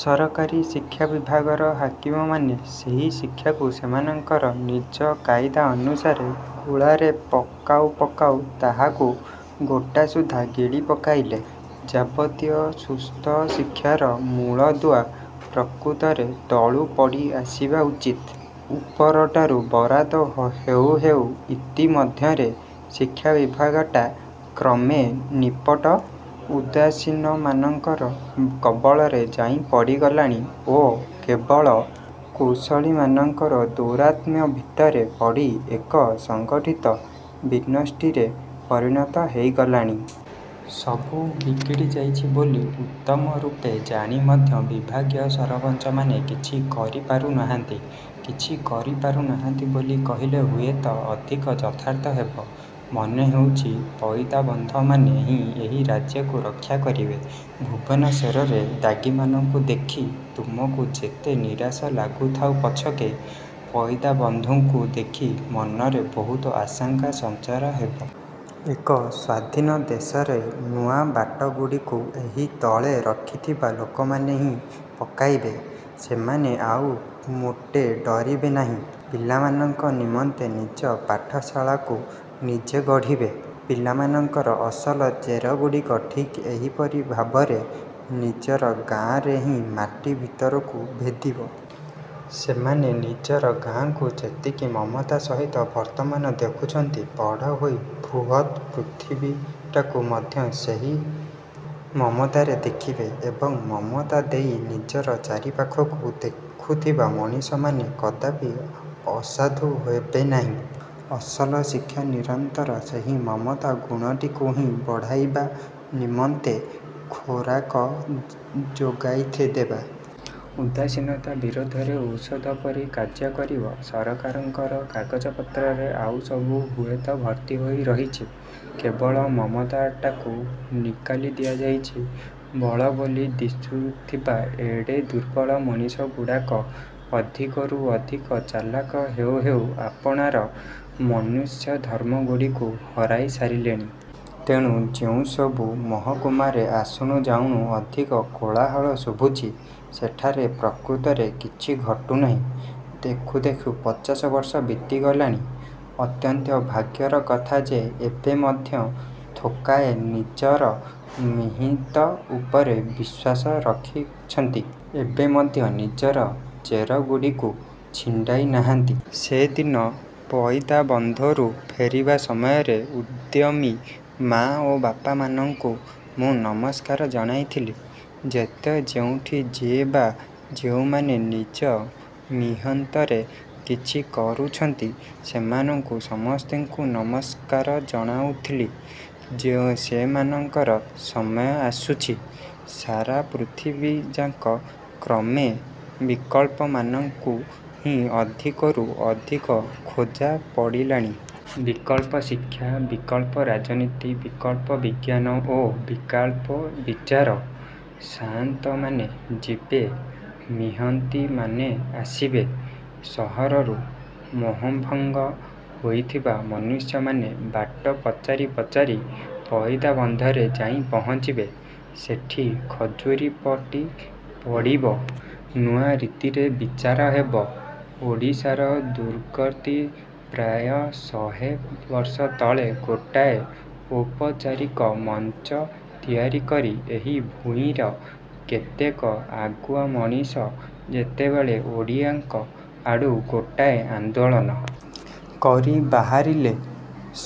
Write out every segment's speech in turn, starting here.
ସରକାରୀ ଶିକ୍ଷାବିଭାଗର ହାକିମମାନେ ସେହି ଶିକ୍ଷାକୁ ସେମାନଙ୍କର ନିଜ କାଇଦା ଅନୁସାରେ ଗୁଳାରେ ପକାଉ ପକାଉ ତାହାକୁ ଗୋଟାସୁଦ୍ଧା ଗିଳି ପକାଇଲେ। ଯାବତୀୟ ସୁସ୍ଥ ଶିକ୍ଷାର ମୂଳଦୁଆ ପ୍ରକୃତରେ ତଳୁ ପଡ଼ି ଆସିବା ଉଚିତ। ଉପରଟାରୁ ବରାଦ ହେଉ ହେଉ ଇତି ମଧ୍ୟରେ ଶିକ୍ଷାବିଭାଗଟା କ୍ରମେ ନିପଟ ଉଦାସୀନମାନଙ୍କର କବଳରେ ଯାଇ ପଡ଼ିଗଲାଣି ଓ କେବଳ କୌଶଳୀମାନଙ୍କର ଦୌରାତ୍ମ୍ୟ ଭିତରେ ପଡ଼ି ଏକ ସଂଗଠିତ ବିନଷ୍ଟିରେ ପରିଣତ ହୋଇଗଲାଣି। ସବୁ ବିଗିଡ଼ି ଯାଉଛି ବୋଲି ଉତ୍ତମ ରୂପେ ଜାଣି ମଧ୍ୟ ବିଭାଗୀୟ ସରପଞ୍ଚମାନେ କିଛି କରିପାରୁ ନାହାନ୍ତି। କିଛି କରୁନାହାନ୍ତି ବୋଲି କହିଲେ ହୁଏତ ଅଧିକ ଯଥାର୍ଥ ହେବ। ମନେହେଉଛି, ପଇଦାବନ୍ଧମାନେ ହିଁ ଏହି ରାଜ୍ୟକୁ ରକ୍ଷା କରିବେ। ଭୁବନେଶ୍ୱରରେ ଦାଗୀମାନଙ୍କୁ ଦେଖି ତୁମକୁ ଯେତେ ନିରାଶ ଲାଗୁଥାଉ ପଛକେ, ପଇଦାବନ୍ଧକୁ ଦେଖି ମନରେ ବହୁତ ଆଶାର ସଂଚାର ହେବ। ଏକ ସ୍ୱାଧୀନ ଦେଶରେ ନୂଆ ବାଟଗୁଡ଼ିକୁ ଏହି ତଳେ ରହିଥିବା ଲୋକମାନେ ହିଁ ପକାଇବେ। ସେମାନେ ଆଉ ମୋଟେ ଡ଼ରିବେ ନାହିଁ। ପିଲାମାନଙ୍କ ନିମନ୍ତେ ନିଜ ପାଠଶାଳାକୁ ନିଜେ ଗଢ଼ିବେ। ପିଲାମାନଙ୍କର ଅସଲ ଚେରଗୁଡ଼ିକ ଠିକ୍ ଏହିପରି ଭାବରେ ନିଜର ଗାଆଁରେ ହିଁ ମାଟି ଭିତରକୁ ଭେଦିବ। ସେମାନେ ନିଜର ଗାଆଁକୁ ଯେତିକି ମମତା ସହିତ ବର୍ତ୍ତମାନ ଦେଖୁଛନ୍ତି, ବଡ଼ ହୋଇ ବୃହତ୍ ପୃଥିବୀଟାକୁ ମଧ୍ୟ ସେହି ମମତାରେ ଦେଖିବେ ଏବଂ ମମତା ଦେଇ ନିଜର ଚାରିପାଖକୁ ଦେଖୁଥିବା ମଣିଷମାନେ କଦାପି ଅସାଧୁ ହେବେନାହିଁ। ଅସଲ ଶିକ୍ଷା ନିରନ୍ତର ସେହି ମମତା ଗୁଣଟିକୁ ହିଁ ବଢ଼ାଇବା ନିମନ୍ତେ ଖୋରାକ ଯୋଗାଇଦେବ। ଉଦାସୀନତା ବିରୋଧରେ ଔଷଧ ପରି କାର୍ଯ୍ୟ କରିବ। ସରକାରଙ୍କର କାଗଜପତ୍ରରେ ଆଉ ସବୁ ହୁଏତ ଭର୍ତ୍ତି ହୋଇ ରହିଛି, କେବଳ ମମତାଟାକୁ ନିକାଲି ଦିଆଯାଇଛି। ବଳ ବୋଲି ଦିଶୁଥିବା ଏଡ଼େ ଦୁର୍ବଳ ମଣିଷଗୁଡ଼ାକ ଅଧିକରୁ ଅଧିକ ଚାଲାଖ ହେଉ ହେଉ ଆପଣାର ମନୁଷ୍ୟଧର୍ମଗୁଡ଼ିକୁ ହରାଇ ସାରିଲେଣି। ତେଣୁ, ଯେଉଁସବୁ ମହକୁମାରେ ଆସୁଣୁ ଯାଉଣୁ ଅଧିକ କୋଳାହଳ ଶୁଭୁଛି, ସେଠାରେ ପ୍ରକୃତରେ କିଛି ଘଟୁନାହିଁ। ଦେଖୁ ଦେଖୁ ପଚାଶ ବର୍ଷ ବିତିଗଲାଣି। ଅତ୍ୟନ୍ତ ଭାଗ୍ୟର କଥା ଯେ ଏବେ ମଧ୍ୟ ଥୋକାଏ ନିଜର ମିହନ୍ତ ଉପରେ ବିଶ୍ୱାସ ରଖିଛନ୍ତି। ଏବେ ମଧ୍ୟ ନିଜର ଚେର ଗୁଡ଼ିକୁ ଛିଣ୍ଡାଇ ନାହାନ୍ତି। ସେଦିନ ପଇଦାବନ୍ଧରୁ ଫେରିବା ସମୟରେ, ଉଦ୍ୟମୀ ମାଆ ଓ ବାପାମାନଙ୍କୁ ମୁଁ ନମସ୍କାର ଜଣାଉଥିଲି। ଯେତେ ଯେଉଁଠି ଯିଏ ବା ଯେଉଁମାନେ ନିଜ ମିହନ୍ତରେ କିଛି କରୁଛନ୍ତି, ସେମାନଙ୍କୁ ସମସ୍ତଙ୍କୁ ନମସ୍କାର ଜଣାଉଥିଲି। ସେଇମାନଙ୍କର ସମୟ ଆସୁଛି। ସାରା ପୃଥିବୀଯାକ କ୍ରମେ ବିକଳ୍ପମାନଙ୍କୁ ହିଁ ଅଧିକରୁ ଅଧିକ ଖୋଜା ପଡ଼ିଲାଣି। ବିକଳ୍ପ ଶିକ୍ଷା, ବିକଳ୍ପ ରାଜନୀତି, ବିକଳ୍ପ ବିଜ୍ଞାନ ଓ ବିକଳ୍ପ ବିଚାର। ସାଆନ୍ତମାନେ ଯିବେ, ମିହନ୍ତୀମାନେ ଆସିବେ। ସହରରୁ ମୋହଭଙ୍ଗ ହୋଇଥିବା ମନୁଷ୍ୟମାନେ ବାଟ ପଚାରି ପଚାରି ପଇଦାବନ୍ଧରେ ଯାଇ ପହଞ୍ଚିବେ। ସେଠି ଖଜୁରିପଟି ପଡ଼ିବ। ନୂଆ ରୀତିରେ ବିଚାର ହେବ। ଓଡ଼ିଶାର ଦୁର୍ଗତି ପ୍ରାୟ ଶହେ ବର୍ଷ ତଳେ ଗୋଟାଏ ଔପଚାରିକ ମଞ୍ଚ ତିଆରି କରି ଏହି ଭୂଇଁର କେତେକ ଆଗୁଆ ମଣିଷ ଯେତେବେଳେ ଓଡ଼ିଆଙ୍କ ଆଡୁ ଗୋଟାଏ ଆନ୍ଦୋଳନ। କରି ବାହାରିଲେ,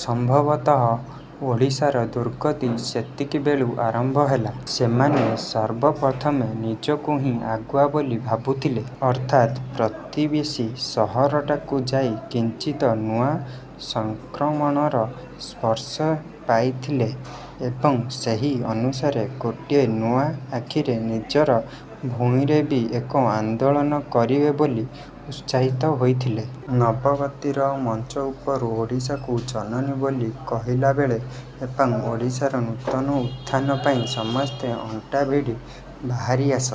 ସମ୍ଭବତଃ ଓଡ଼ିଶାର ଦୁର୍ଗତି ସେତିକିବେଳୁ ଆରମ୍ଭ ହେଲା। ସେମାନେ ସର୍ବପ୍ରଥମେ ନିଜକୁ ହିଁ ଆଗୁଆ ବୋଲି ଭାବୁଥିଲେ, ଅର୍ଥାତ୍ ପ୍ରତିବେଶୀ ସହରଟାକୁ ଯାଇ କିଞ୍ଚିତ୍ ନୂଆ ସଂକ୍ରମଣର ସ୍ପର୍ଶ ପାଇଥିଲେ ଏବଂ ସେହି ଅନୁସାରେ ଗୋଟିଏ ନୂଆ ଆଖିରେ ନିଜର ଭୂଇଁରେ ବି ଏକ ଆନ୍ଦୋଳନ କରିବେ ବୋଲି ଉତ୍ସାହିତ ହୋଇଥିଲେ। ନବଗଠିତ ମଞ୍ଚ ଉପରୁ ଓଡ଼ିଶାକୁ ଜନନୀ ବୋଲି କହିଲାବେଳେ ଏବଂ ଓଡ଼ିଶାର ନୂତନ ଉତ୍ଥାନ ପାଇଁ ସମସ୍ତେ ଅଣ୍ଟାଭିଡ଼ି ବାହାରି ଆସ।